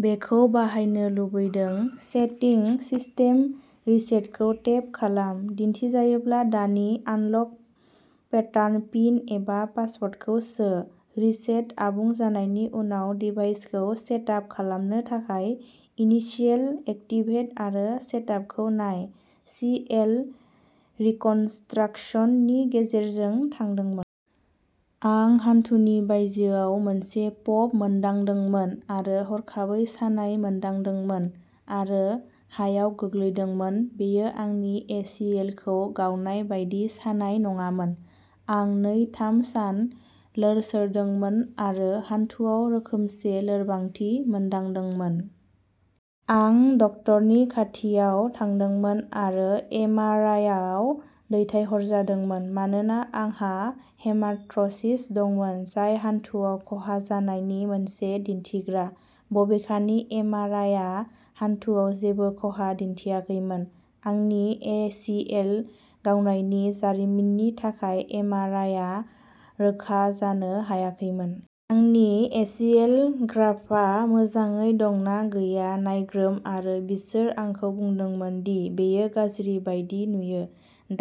बेखौ बाहायनो लुबैदों। सेटिंस सिस्टेम रिसेटखौ टेप खालाम। दिन्थिजायोब्ला दानि आनलक पेटार्न पिन एबा पासवार्डखौ सो। रिसेट आबुं जानायनि उनाव डिभाइसखौ सेट आप खालामनो थाखाय इनिशियेल एक्टिभेट आरो सेटआपखौ नाय। सि एल रिकनस्ट्राकसन नि गेजेरजों थांदोंमोन। आं हान्थुनि बायजोयाव मोनसे पप मोनदांदोंमोन आरो हरखाबै सानाय मोनदांदोंमोन आरो हायाव गोग्लैदोंमोन बेयो आंनि ए सि एल खौ गावनाय बायदि सानाय नङामोन। आं नै थाम सान लोरसोरदोंमोन आरो हान्थुआव रोखोमसे लोरबांथि मोनदांदोंमोन। आं डाक्टारनि खाथियाव थांदोंमोन आरो एम आर आइ आव दैथायहरजादोंमोन मानोना आंहा हेमारथ्र'सिस दंमोन जाय हान्थुआव खहा जानायनि मोनसे दिन्थिग्रा बबेखानि एम आर आइ आ हान्थुआव जेबो खहा दिन्थियाखैमोन। आंनि ए सि एल गावनायनि जारिमिननि थाखाय एम आर आइ आ रोखा जानो हायाखैमोन। आंनि ए सि एल ग्राफ्टआ मोजाङै दं ना गैया नायग्रोम आरो बिसोर आंखौ बुंदोंमोन दि'बेयो गाज्रि बायदि नुयो।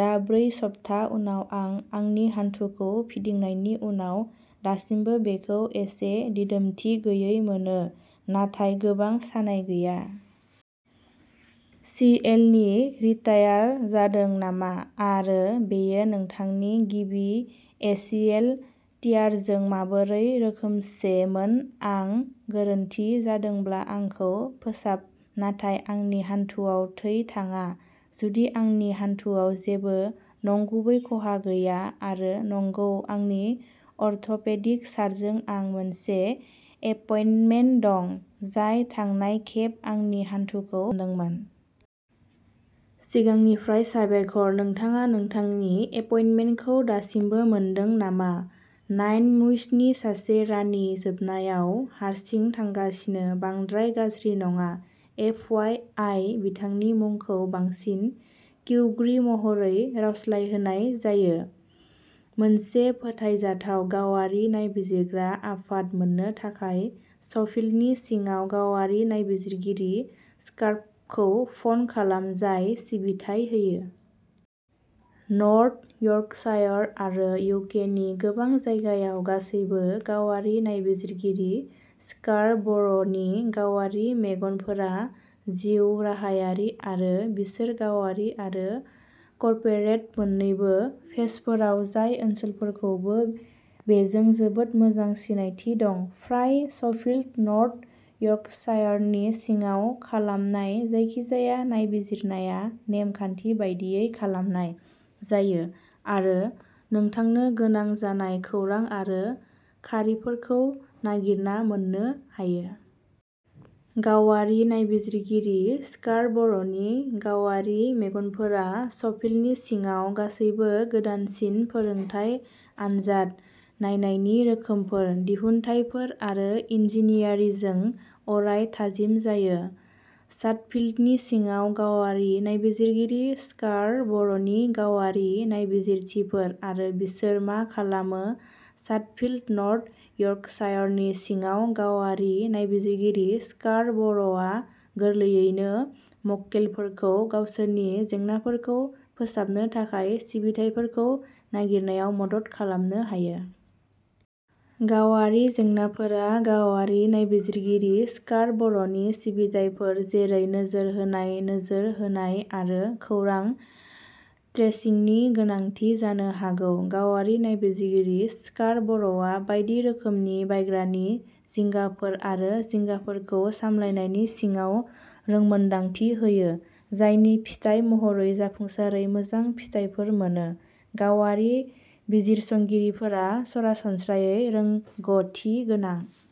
दा ब्रै सप्ता उनाव आं आंनि हान्थुखौ फिदिंनायनि उनाव दासिमबो बेखौ एसे दिदोमथि गैयै मोनो नाथाय गोबां सानाय गैया। सि एल नि रिटियार जादों नामा आरो बेयो नोंथांनि गिबि ए सि एल टियारजों माबोरै रोखोमसे मोन आं गोरोन्थि जादोंब्ला आंखौ फोसाब नाथाय आंनि हान्थुआव थै थाङा जुदि आंनि हान्थुआव जेबो नंगुबै खहा गैया आरो नंगौ आंनि अर्थ'पेडिक सारजों आं मोनसे एपइन्टमेन्ट दं जाय थांनाय खेब आंनि हान्थुखौ फाहामदोंमोन। सिगांनिफ्राय साबायखर नोंथाङा नोंथांनि एपइन्टमेन्टखौ दासिमबो मोनदों नामा नाइन म्युसनि सासे रानि जोबनायाव हारसिं थांगासिनो बांद्राय गाज्रि नङा एफ वाइ आइ बिथांनि मुंखौ बांसिन किउंग्रि महरै रावस्लायहोनाय जायो। मोनसे फोथायजाथाव गावारि नायबिजिरग्रा आफाद मोन्नो थाखाय सफील्डनि सिङाव गावारि नायबिजिरगिरि स्कारबरखौ फन खालाम जाय सिबिथाय होयो। नर्थ यर्कशायर आरो इउ के नि गोबां जायगायाव। गासैबो गावारि नायबिजिरगिरि स्कारबर'नि गावारि मेगनफोरा जिउराहायारि आरो बिसोर गावारि आरो कर्परेट मोन्नैबो केसफोराव जाय ओनसोलफोरखौबो बेजों जोबोद मोजां सिनायथि दं। फ्राय सफील्ड नर्थ यर्कशायरनि सिङाव खालामनाय जायखिजाया नायबिजिरनाया नेम खान्थि बायदियै खालामनाय जायो आरो नोंथांनो गोनां जानाय खौरां आरो खारिफोरखौ नागिरना मोन्नो हायो। गावारि नायबिजिरगिरि स्कारबर'नि गावारि मेगनफोरा सफील्डनि सिङाव गासैबो गोदानसिन फोरोंथाय आनजाद नायनायनि रोखोमफोर दिहुनथायफोर आरो इन्जिनियारिंजों अराय थाजिम जायो। सादफील्डनि सिङाव गावारि नायबिजिरगिरि स्कारबर'नि गावारि नायबिजिरथिफोर आरो बिसोर मा खालामो सादफील्ड नर्थ यर्कशायरनि सिङाव गावारि नायबिजिरगिरि स्कारबर'आ गोरलैयैनो मक्केलफोरखौ गावसोरनि जेंनाफोरखौ फोसाबनो थाखाय सिबिथाइफोरखौ नागिरनायाव मदद खालामनो हायो। गावारि जेंनाफोरा गावारि नायबिजिरगिरि स्कारबर'नि सिबिथाइफोर जेरै नोजोर होनाय नोजोर होनाय आरो खौरां ट्रेसिंनि गोनांथि जानो हागौ। गावारि नायबिजिरगिरि स्कारबर'आ बायदि रोखोमनि बायग्रानि जिंगाफोर आरो जिंगाफोरखौ सामलायनायनि सिङाव रोंमोनदांथि होयो जायनि फिथाय महरै जाफुंसारै मोजां फिथायफोर मोनो। गावारि बिजिरसंगिरिफोरा सरासनस्रायै रोंग'थिगोनां